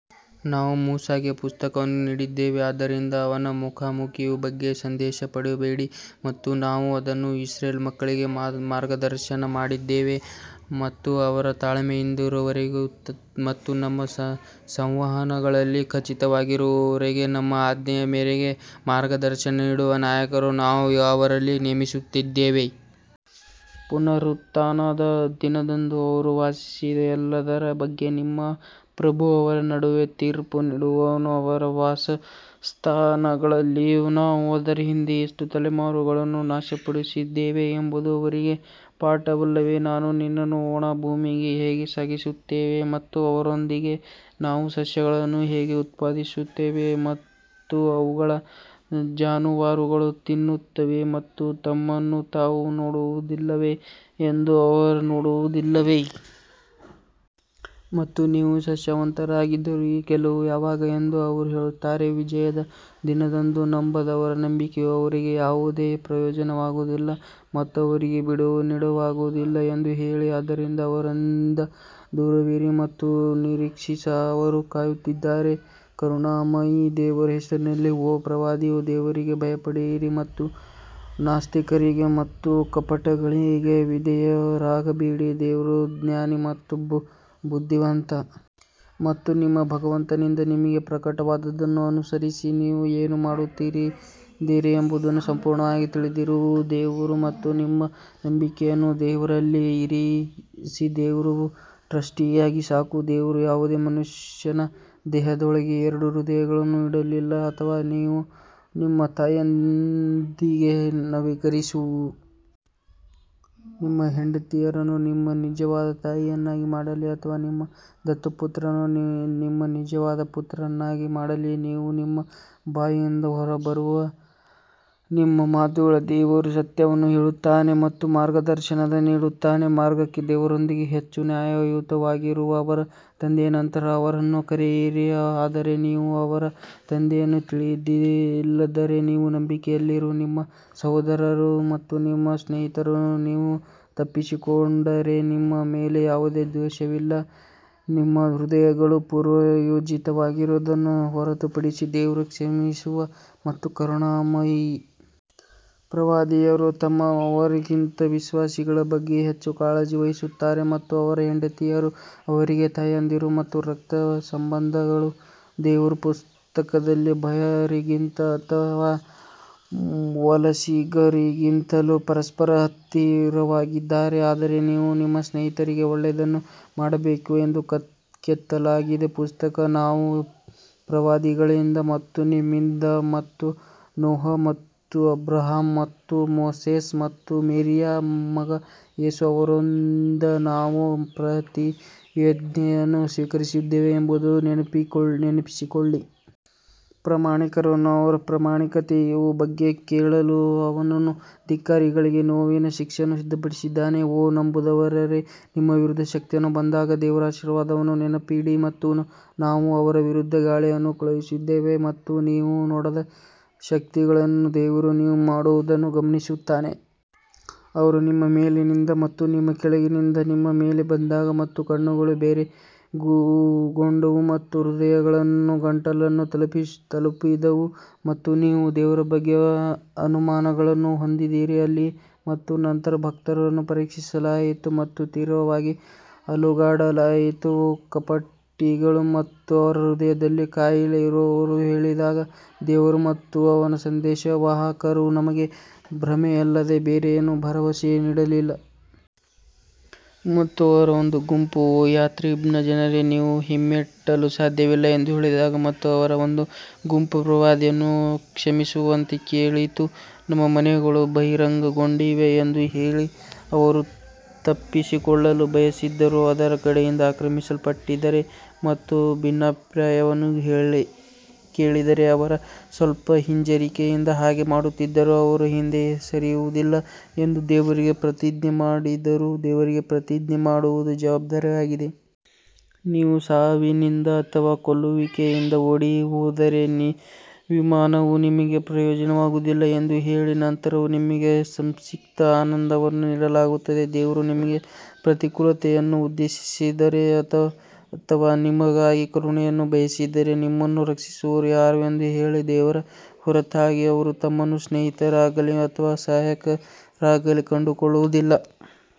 ನಾವು ಮೂಸಾಗೆ ಪುಸ್ತಕವನ್ನು ನೀಡಿದ್ದೇವೆ ಆದ್ದರಿಂದ ಅವನ ಮುಖಾಮುಖಿಯ ಬಗ್ಗೆ ಸಂದೇಹ ಪಡಬೇಡಿ ಮತ್ತು ನಾವು ಅದನ್ನು ಇಸ್ರೇಲ್ ಮಕ್ಕಳಿಗೆ ಮಾರ್ಗದರ್ಶನ ಮಾಡಿದ್ದೇವೆ ಮತ್ತು ಅವರು ತಾಳ್ಮೆಯಿಂದಿರುವವರೆಗೆ ಮತ್ತು ನಮ್ಮ ಸಂವಹನಗಳಲ್ಲಿ ಖಚಿತವಾಗಿರುವವರೆಗೆ ನಮ್ಮ ಆಜ್ಞೆಯ ಮೇರೆಗೆ ಮಾರ್ಗದರ್ಶನ ನೀಡುವ ನಾಯಕರನ್ನು ನಾವು ಅವರಲ್ಲಿ ನೇಮಿಸಿದ್ದೇವೆ. ಪುನರುತ್ಥಾನದ ದಿನದಂದು ಅವರು ವಾದಿಸಿದ ಎಲ್ಲದರ ಬಗ್ಗೆ ನಿಮ್ಮ ಪ್ರಭು ಅವರ ನಡುವೆ ತೀರ್ಪು ನೀಡುವನು ಅವರ ವಾಸಸ್ಥಾನಗಳಲ್ಲಿ ನಾವು ಅವರ ಹಿಂದೆ ಎಷ್ಟು ತಲೆಮಾರುಗಳನ್ನು ನಾಶಪಡಿಸಿದ್ದೇವೆ ಎಂಬುದು ಅವರಿಗೆ ಪಾಠವಲ್ಲವೇ? ನಾವು ನೀರನ್ನು ಒಣ ಭೂಮಿಗೆ ಹೇಗೆ ಸಾಗಿಸುತ್ತೇವೆ ಮತ್ತು ಅದರೊಂದಿಗೆ ನಾವು ಸಸ್ಯಗಳನ್ನು ಹೇಗೆ ಉತ್ಪಾದಿಸುತ್ತೇವೆ ಮತ್ತು ಅವುಗಳ ಜಾನುವಾರುಗಳು ತಿನ್ನುತ್ತವೆ ಮತ್ತು ತಮ್ಮನ್ನು ತಾವು ನೋಡುವುದಿಲ್ಲವೇ ಎಂದು ಅವರು ನೋಡುವುದಿಲ್ಲವೇ? ಮತ್ತು ನೀವು ಸತ್ಯವಂತರಾಗಿದ್ದರೆ ಈ ಗೆಲುವು ಯಾವಾಗ ಎಂದು ಅವರು ಹೇಳುತ್ತಾರೆ ವಿಜಯದ ದಿನದಂದು ನಂಬದವರ ನಂಬಿಕೆಯು ಅವರಿಗೆ ಯಾವುದೇ ಪ್ರಯೋಜನವಾಗುವುದಿಲ್ಲ ಮತ್ತು ಅವರಿಗೆ ಬಿಡುವು ನೀಡಲಾಗುವುದಿಲ್ಲ ಎಂದು ಹೇಳಿ. ಆದ್ದರಿಂದ ಅವರಿಂದ ದೂರವಿರಿ ಮತ್ತು ನಿರೀಕ್ಷಿಸಿ ಅವರೂ ಕಾಯುತ್ತಿದ್ದಾರೆ ಕರುಣಾಮಯಿ ದೇವರ ಹೆಸರಿನಲ್ಲಿ ಓ ಪ್ರವಾದಿಯೇ ದೇವರಿಗೆ ಭಯಪಡಿರಿ ಮತ್ತು ನಾಸ್ತಿಕರಿಗೆ ಮತ್ತು ಕಪಟಿಗಳಿಗೆ ವಿಧೇಯರಾಗಬೇಡಿ ದೇವರು ಜ್ಞಾನಿ ಮತ್ತು ಬುದ್ಧಿವಂತ. ಮತ್ತು ನಿಮ್ಮ ಭಗವಂತನಿಂದ ನಿಮಗೆ ಪ್ರಕಟವಾದದ್ದನ್ನು ಅನುಸರಿಸಿ, ನೀವು ಏನು ಮಾಡುತ್ತಿದ್ದೀರಿ ಎಂಬುದನ್ನು ಸಂಪೂರ್ಣವಾಗಿ ತಿಳಿದಿರುವ ದೇವರು ಮತ್ತು ನಿಮ್ಮ ನಂಬಿಕೆಯನ್ನು ದೇವರಲ್ಲಿ ಇರಿಸಿ ದೇವರು ಟ್ರಸ್ಟಿಯಾಗಿ ಸಾಕು ದೇವರು ಯಾವುದೇ ಮನುಷ್ಯನ ದೇಹದೊಳಗೆ ಎರಡು ಹೃದಯಗಳನ್ನು ಇಡಲಿಲ್ಲ ಅಥವಾ ನೀವು ನಿಮ್ಮ ತಾಯಿಯೊಂದಿಗೆ ಸಮೀಕರಿಸುವ ನಿಮ್ಮ ಹೆಂಡತಿಯರನ್ನು ನಿಮ್ಮ ನಿಜವಾದ ತಾಯಿಯನ್ನಾಗಿ ಮಾಡಲಿಲ್ಲ ಅಥವಾ ನಿಮ್ಮ ದತ್ತು ಪುತ್ರರನ್ನು ನಿಮ್ಮ ನಿಜವಾದ ಪುತ್ರರನ್ನಾಗಿ ಮಾಡಲಿಲ್ಲ ಇವು ನಿಮ್ಮ ಬಾಯಿಯಿಂದ ಹೊರಬರುವ ನಿಮ್ಮ ಮಾತುಗಳು ದೇವರು ಸತ್ಯವನ್ನು ಹೇಳುತ್ತಾನೆ ಮತ್ತು ಮಾರ್ಗದರ್ಶನ ನೀಡುತ್ತಾನೆ ಮಾರ್ಗಕ್ಕೆ ದೇವರೊಂದಿಗೆ ಹೆಚ್ಚು ನ್ಯಾಯಯುತವಾಗಿರುವ ಅವರ ತಂದೆಯ ನಂತರ ಅವರನ್ನು ಕರೆಯಿರಿ ಆದರೆ ನೀವು ಅವರ ತಂದೆಯನ್ನು ತಿಳಿದಿಲ್ಲದಿದ್ದರೆ ನಿಮ್ಮ ನಂಬಿಕೆಯಲ್ಲಿರುವ ನಿಮ್ಮ ಸಹೋದರರು ಮತ್ತು ನಿಮ್ಮ ಸ್ನೇಹಿತರನ್ನು ನೀವು ತಪ್ಪಿಸಿಕೊಂಡರೆ ನಿಮ್ಮ ಮೇಲೆ ಯಾವುದೇ ದೋಷವಿಲ್ಲ, ನಿಮ್ಮ ಹೃದಯಗಳು ಪೂರ್ವಯೋಜಿತವಾಗಿರುವುದನ್ನು ಹೊರತುಪಡಿಸಿ ದೇವರು ಕ್ಷಮಿಸುವ ಮತ್ತು ಕರುಣಾಮಯಿ. ಪ್ರವಾದಿಯವರು ತಮ್ಮವರಿಗಿಂತ ವಿಶ್ವಾಸಿಗಳ ಬಗ್ಗೆ ಹೆಚ್ಚು ಕಾಳಜಿ ವಹಿಸುತ್ತಾರೆ ಮತ್ತು ಅವರ ಹೆಂಡತಿಯರು ಅವರಿಗೆ ತಾಯಂದಿರು ಮತ್ತು ರಕ್ತ ಸಂಬಂಧಿಗಳು ದೇವರ ಪುಸ್ತಕದಲ್ಲಿ ಭಕ್ತರಿಗಿಂತ ಅಥವಾ ವಲಸಿಗರಿಗಿಂತಲೂ ಪರಸ್ಪರ ಹತ್ತಿರವಾಗಿದ್ದಾರೆ, ಆದರೂ ನೀವು ನಿಮ್ಮ ಸ್ನೇಹಿತರಿಗೆ ಒಳ್ಳೆಯದನ್ನು ಮಾಡಬೇಕು ಎಂದು ಕೆತ್ತಲಾಗಿದೆ. ಪುಸ್ತಕ ನಾವು ಪ್ರವಾದಿಗಳಿಂದ ಮತ್ತು ನಿಮ್ಮಿಂದ ಮತ್ತು ನೋಹ್ ಮತ್ತು ಅಬ್ರಹಾಂ ಮತ್ತು ಮೋಸೆಸ್ ಮತ್ತು ಮೇರಿಯ ಮಗ ಯೇಸು ಅವರಿಂದ ನಾವು ಪ್ರತಿಜ್ಞೆಯನ್ನು ಸ್ವೀಕರಿಸಿದ್ದೇವೆ ಎಂಬುದನ್ನು ನೆನಪಿಸಿಕೊಳ್ಳಿ. ಪ್ರಾಮಾಣಿಕರನ್ನು ಅವರ ಪ್ರಾಮಾಣಿಕತೆಯ ಬಗ್ಗೆ ಕೇಳಲು ಅವನು ಧಿಕ್ಕಾರಿಗಳಿಗೆ ನೋವಿನ ಶಿಕ್ಷೆಯನ್ನು ಸಿದ್ಧಪಡಿಸಿದ್ದಾನೆ ಓ ನಂಬುವವರೇ ನಿಮ್ಮ ವಿರುದ್ಧ ಶಕ್ತಿಗಳು ಬಂದಾಗ ದೇವರ ಆಶೀರ್ವಾದವನ್ನು ನೆನಪಿಡಿ ಮತ್ತು ನಾವು ಅವರ ವಿರುದ್ಧ ಗಾಳಿಯನ್ನು ಕಳುಹಿಸಿದ್ದೇವೆ ಮತ್ತು ನೀವು ನೋಡದ ಶಕ್ತಿಗಳನ್ನು ದೇವರು ನೀವು ಮಾಡುವುದನ್ನು ಗಮನಿಸುತ್ತಾನೆ ಅವರು ನಿಮ್ಮ ಮೇಲಿನಿಂದ ಮತ್ತು ನಿಮ್ಮ ಕೆಳಗಿನಿಂದ ನಿಮ್ಮ ಮೇಲೆ ಬಂದಾಗ ಮತ್ತು ಕಣ್ಣುಗಳು ಬೆರಗುಗೊಂಡವು ಮತ್ತು ಹೃದಯಗಳು ಗಂಟಲನ್ನು ತಲುಪಿದವು ಮತ್ತು ನೀವು ದೇವರ ಬಗ್ಗೆ ಅನುಮಾನಗಳನ್ನು ಹೊಂದಿದ್ದೀರಿ ಅಲ್ಲಿ ಮತ್ತು ನಂತರ ಭಕ್ತರನ್ನು ಪರೀಕ್ಷಿಸಲಾಯಿತು ಮತ್ತು ತೀವ್ರವಾಗಿ ಅಲುಗಾಡಲಾಯಿತು ಕಪಟಿಗಳು ಮತ್ತು ಅವರ ಹೃದಯದಲ್ಲಿ ಕಾಯಿಲೆ ಇರುವವರು ಹೇಳಿದಾಗ ದೇವರು ಮತ್ತು ಅವನ ಸಂದೇಶವಾಹಕರು ನಮಗೆ ಭ್ರಮೆಯಲ್ಲದೆ ಬೇರೇನೂ ಭರವಸೆ ನೀಡಲಿಲ್ಲ. ಮತ್ತು ಅವರ ಒಂದು ಗುಂಪು ಓ ಯಾಥ್ರಿಬ್ನ ಜನರೇ, ನೀವು ಹಿಮ್ಮೆಟ್ಟಲು ಸಾಧ್ಯವಿಲ್ಲ ಎಂದು ಹೇಳಿದಾಗ ಮತ್ತು ಅವರ ಒಂದು ಗುಂಪು ಪ್ರವಾದಿಯನ್ನು ಕ್ಷಮಿಸುವಂತೆ ಕೇಳಿತು, ನಮ್ಮ ಮನೆಗಳು ಬಹಿರಂಗಗೊಂಡಿವೆ ಎಂದು ಹೇಳಿ ಅವರು ತಪ್ಪಿಸಿಕೊಳ್ಳಲು ಬಯಸಿದ್ದರು. ಅದರ ಕಡೆಯಿಂದ ಆಕ್ರಮಿಸಲ್ಪಟ್ಟಿದ್ದರೆ ಮತ್ತು ಭಿನ್ನಾಭಿಪ್ರಾಯವನ್ನು ಕೇಳಿದರೆ ಅವರು ಸ್ವಲ್ಪ ಹಿಂಜರಿಕೆಯಿಂದ ಹಾಗೆ ಮಾಡುತ್ತಿದ್ದರು ಅವರು ಹಿಂದೆ ಸರಿಯುವುದಿಲ್ಲ ಎಂದು ದೇವರಿಗೆ ಪ್ರತಿಜ್ಞೆ ಮಾಡಿದರೂ ದೇವರಿಗೆ ಪ್ರತಿಜ್ಞೆ ಮಾಡುವುದು ಜವಾಬ್ದಾರಿಯಾಗಿದೆ. ನೀವು ಸಾವಿನಿಂದ ಅಥವಾ ಕೊಲ್ಲುವಿಕೆಯಿಂದ ಓಡಿಹೋದರೆ ವಿಮಾನವು ನಿಮಗೆ ಪ್ರಯೋಜನವಾಗುವುದಿಲ್ಲ ಎಂದು ಹೇಳಿ, ನಂತರವೂ ನಿಮಗೆ ಸಂಕ್ಷಿಪ್ತ ಆನಂದವನ್ನು ನೀಡಲಾಗುತ್ತದೆ ದೇವರು ನಿಮಗೆ ಪ್ರತಿಕೂಲತೆಯನ್ನು ಉದ್ದೇಶಿಸಿದರೆ ಅಥವಾ ನಿಮಗಾಗಿ ಕರುಣೆಯನ್ನು ಬಯಸಿದರೆ ನಿಮ್ಮನ್ನು ರಕ್ಷಿಸುವವರು ಯಾರು ಎಂದು ಹೇಳಿ, ದೇವರ ಹೊರತಾಗಿ ಅವರು ತಮ್ಮನ್ನು ಸ್ನೇಹಿತರಾಗಲೀ ಅಥವಾ ಸಹಾಯಕರಾಗಲೀ ಕಂಡುಕೊಳ್ಳುವುದಿಲ್ಲ.